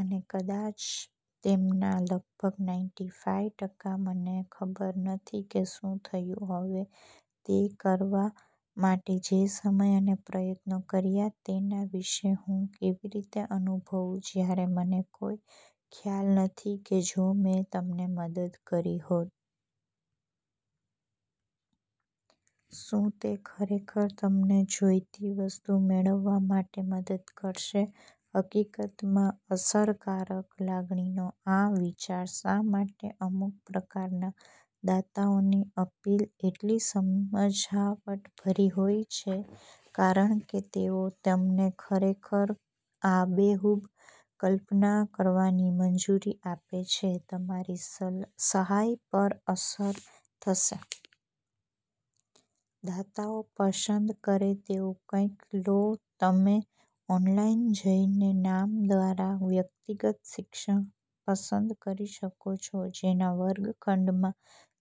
અને કદાચ તેમાંના લગભગ નાઈન્ટી ફાઈવ ટકા મને ખબર નથી કે શું થયું. હવે, તે કરવા માટે જે સમય અને પ્રયત્નો કર્યા તેના વિશે હું કેવી રીતે અનુભવું જ્યારે મને કોઈ ખ્યાલ નથી કે જો મેં તમને મદદ કરી હોય. શું તે ખરેખર તમને જોઈતી વસ્તુ મેળવવા માટે મદદ કરશે? હકીકતમાં, અસરકારક લાગણીનો આ વિચાર શા માટે અમુક પ્રકારના દાતાઓની અપીલ એટલી સમજાવટભરી હોય છે કારણ કે તેઓ તમને ખરેખર આબેહૂબ કલ્પના કરવાની મંજૂરી આપે છે તમારી સહાય પર અસર થશે. દાતાઓ પસંદ કરે તેવું કંઈક લો. તમે ઓનલાઇન જઈને નામ દ્વારા વ્યક્તિગત શિક્ષક પસંદ કરી શકો છો જેના વર્ગખંડમાં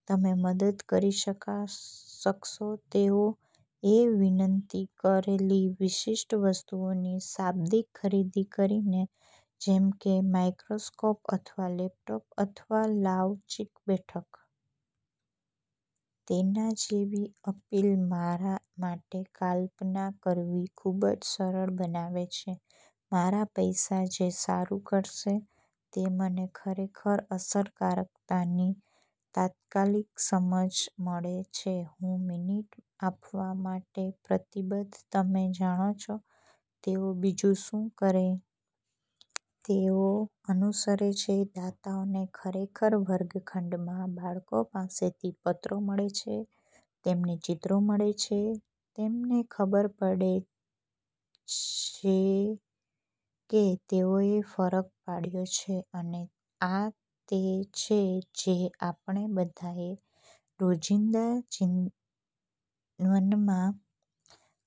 તમે મદદ કરી શકશો તેઓએ વિનંતી કરેલી વિશિષ્ટ વસ્તુઓની શાબ્દિક ખરીદી કરીને જેમકે માઇક્રોસ્કોપ અથવા લેપટોપ અથવા લવચીક બેઠક. તેના જેવી અપીલ મારા માટે કલ્પના કરવી ખૂબ જ સરળ બનાવે છે મારા પૈસા જે સારું કરશે તે મને ખરેખર અસરકારકતાની તાત્કાલિક સમજ મળે છે હું મિનિટ આપવા માટે પ્રતિબદ્ધ. તમે જાણો છો, તેઓ બીજું શું કરે? તેઓ અનુસરે છે. દાતાઓને ખરેખર વર્ગખંડમાં બાળકો પાસેથી પત્રો મળે છે, તેમને ચિત્રો મળે છે. તેમને ખબર પડે છે કે તેઓએ ફરક પાડ્યો છે. અને આ તે છે જે આપણે બધાએ આપણા રોજિંદા જીવનમાં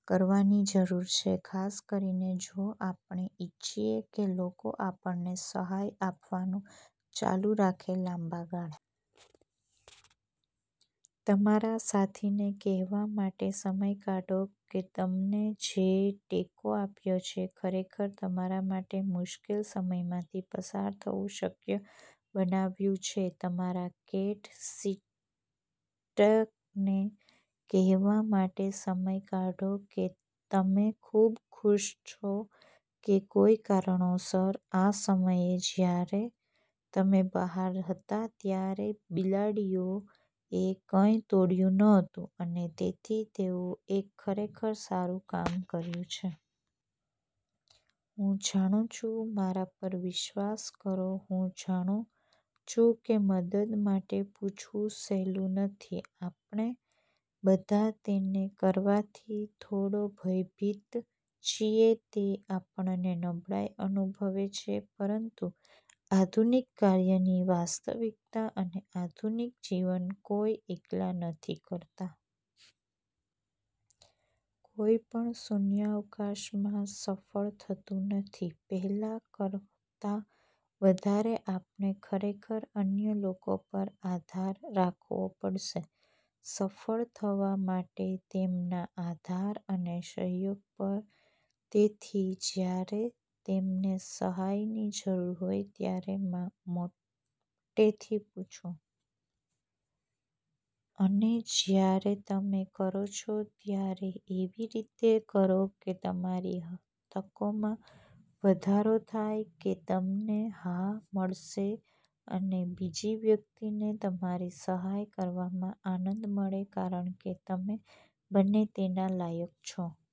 કરવાની જરૂર છે ખાસ કરીને જો આપણે ઇચ્છીએ કે લોકો આપણેને સહાય આપવાનું ચાલુ રાખે લાંબા ગાળે. તમારા સાથીને કહેવા માટે સમય કાઢો કે તેમને જે ટેકો આપ્યો છે ખરેખર તમારા માટે મુશ્કેલ સમયમાંથી પસાર થવું શક્ય બનાવ્યું છે. તમારા કેટ-સિટરને કહેવા માટે સમય કાઢો કે તમે ખૂબ ખુશ છો કે કોઈ કારણોસર આ સમયે જ્યારે તમે બહાર હતા ત્યારે બિલાડીઓ એ કંઈ તોડયુ નહોતુ અને તેથી તેઓ એક ખરેખર સારું કામ કર્યું છે. હું જાણું છું, મારા પર વિશ્વાસ કરો, હું જાણું છું કે મદદ માટે પૂછવું સહેલું નથી. આપણે બધા તેને કરવાથી થોડો ભયભીત છીએ. તે આપણને નબળાઈ અનુભવે છે. પરંતુ આધુનિક કાર્યની વાસ્તવિકતા અને આધુનિક જીવન કોઈ એકલા નથી કરતા. કોઈ પણ શૂન્યાવકાશમાં સફળ થતું નથી. પહેલા કરતા વધારે આપણે ખરેખર અન્ય લોકો પર આધાર રાખવો પડશે સફળ થવા માટે તેમના આધાર અને સહયોગ પર. તેથી જ્યારે તમને સહાયની જરૂર હોય, ત્યારે મોટેથી પૂછો. અને જ્યારે તમે કરો છો, ત્યારે એવી રીતે કરો કે તમારી તકોમાં વધારો થાય કે તમને હા મળશે અને બીજી વ્યક્તિને તમારી સહાય કરવામાં આનંદ મળે કારણ કે તમે બંને તેના લાયક છો.